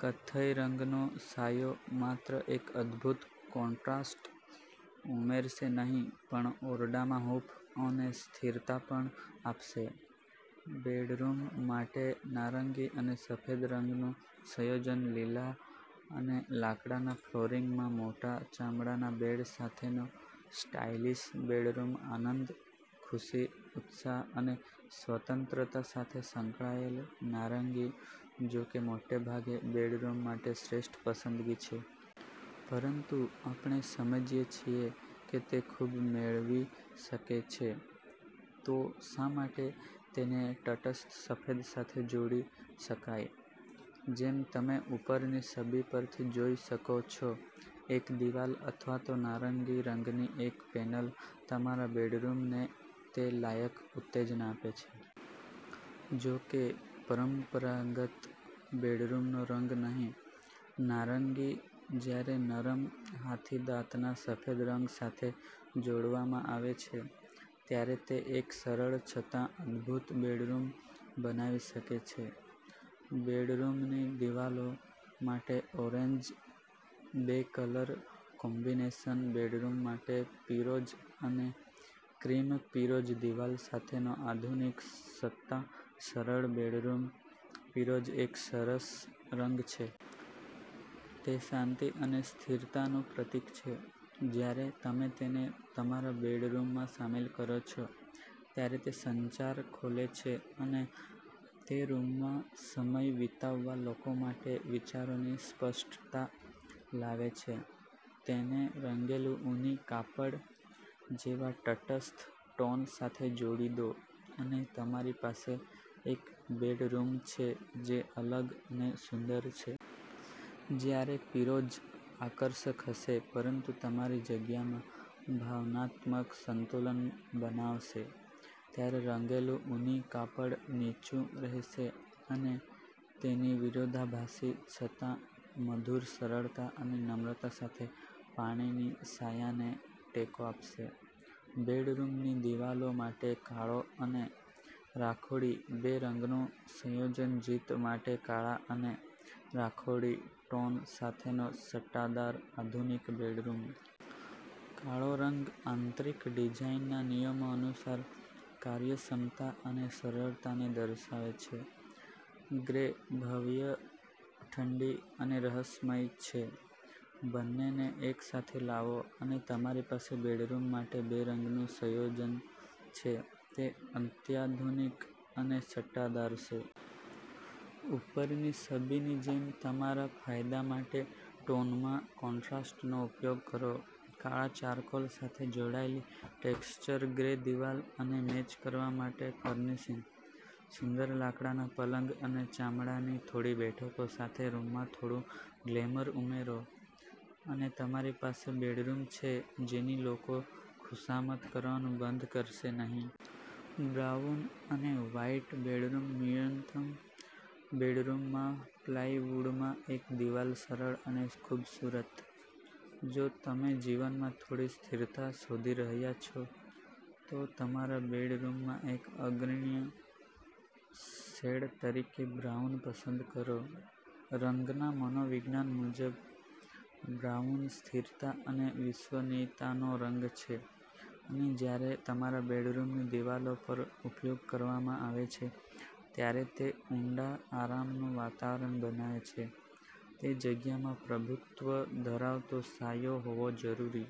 કથ્થઈ રંગનો છાંયો માત્ર એક અદ્ભુત કોન્ટ્રાસ્ટ ઉમેરશે નહીં પણ ઓરડામાં હૂંફ અને સ્થિરતા પણ આપશે. બેડરૂમ માટે નારંગી અને સફેદ રંગનું સંયોજન લીલા અને લાકડાના ફ્લોરિંગમાં મોટા ચામડાના બેડ સાથેનો સ્ટાઇલિશ બેડરૂમ આનંદ, ખુશી, ઉત્સાહ અને સ્વતંત્રતા સાથે સંકળાયેલ નારંગી, જો કે મોટેભાગે, બેડરૂમ માટે શ્રેષ્ઠ પસંદગી છે. પરંતુ આપણે સમજીએ છીએ કે તે ખૂબ મેળવી શકે છે, તો શા માટે તેને તટસ્થ સફેદ સાથે જોડી શકાય? જેમ તમે ઉપરની છબી પરથી જોઈ શકો છો, એક દીવાલ અથવા તો નારંગી રંગની એક પેનલ તમારા બેડરૂમને તે લાયક ઉત્તેજના આપે છે. જો કે, પરંપરાગત બેડરૂમનો રંગ નહીં, નારંગી, જ્યારે નરમ, હાથીદાંતના સફેદ રંગ સાથે જોડવામાં આવે છે, ત્યારે તે એક સરળ છતાં અદભૂત બેડરૂમ બનાવી શકે છે. બેડરૂમની દિવાલો માટે ઓરેન્જ બે કલર કોમ્બિનેશન બેડરૂમ માટે પીરોજ અને ક્રીમ પીરોજ દિવાલ સાથેનો આધુનિક છતાં સરળ બેડરૂમ પીરોજ એક સરસ રંગ છે. તે શાંતિ અને સ્થિરતાનું પ્રતીક છે. જ્યારે તમે તેને તમારા બેડરૂમમાં સામેલ કરો છો, ત્યારે તે સંચાર ખોલે છે અને તે રૂમમાં સમય વિતાવતા લોકો માટે વિચારોની સ્પષ્ટતા લાવે છે. તેને રંગેલું ઊની કાપડ જેવા તટસ્થ ટોન સાથે જોડી દો, અને તમારી પાસે એક બેડરૂમ છે જે અલગ અને સુંદર છે. જ્યારે પીરોજ આકર્ષક હશે પરંતુ તમારી જગ્યામાં ભાવનાત્મક સંતુલન બનાવશે, ત્યારે રંગેલું ઊની કાપડ નીચું રહેશે અને તેની વિરોધાભાસી છતાં મધુર સરળતા અને નમ્રતા સાથે પાણીની છાયાને ટેકો આપશે. બેડરૂમની દિવાલો માટે કાળો અને રાખોડી બે રંગનું સંયોજન જીત માટે કાળા અને રાખોડી ટોન સાથેનો છટાદાર આધુનિક બેડરૂમ! કાળો રંગ આંતરિક ડિઝાઇનના નિયમો અનુસાર કાર્યક્ષમતા અને સરળતાને દર્શાવે છે. ગ્રે ભવ્ય, ઠંડી અને રહસ્યમય છે. બંનેને એકસાથે લાવો, અને તમારી પાસે બેડરૂમ માટે બે રંગનું સંયોજન છે, તે અત્યાધુનિક અને છટાદાર છે. ઉપરની છબીની જેમ તમારા ફાયદા માટે ટોનમાં કોન્ટ્રાસ્ટનો ઉપયોગ કરો. કાળા ચારકોલ સાથે જોડાયેલી ટેક્ષ્ચર ગ્રે દિવાલ અને મેચ કરવા માટે ફર્નિશિંગ. સુંદર લાકડાના પલંગ અને ચામડાની થોડી બેઠકો સાથે રૂમમાં થોડું ગ્લેમર ઉમેરો, અને તમારી પાસે બેડરૂમ છે, જેની લોકો ખુશામત કરવાનું બંધ કરશે નહીં. બ્રાઉન અને વ્હાઇટ બેડરૂમ ન્યૂનતમ બેડરૂમમાં પ્લાયવુડમાં એક દિવાલ સરળ અને ખૂબસૂરત. જો તમે જીવનમાં થોડી સ્થિરતા શોધી રહ્યા છો, તો તમારા બેડરૂમમાં એક અગ્રણી શેડ તરીકે બ્રાઉન પસંદ કરો. રંગના મનોવિજ્ઞાન મુજબ, બ્રાઉન સ્થિરતા અને વિશ્વસનીયતાનો રંગ છે, અને જ્યારે તમારા બેડરૂમની દિવાલો પર ઉપયોગ કરવામાં આવે છે, ત્યારે તે ઊંડા આરામનું વાતાવરણ બનાવે છે. તે જગ્યામાં પ્રભુત્વ ધરાવતો છાંયો હોવો જરૂરી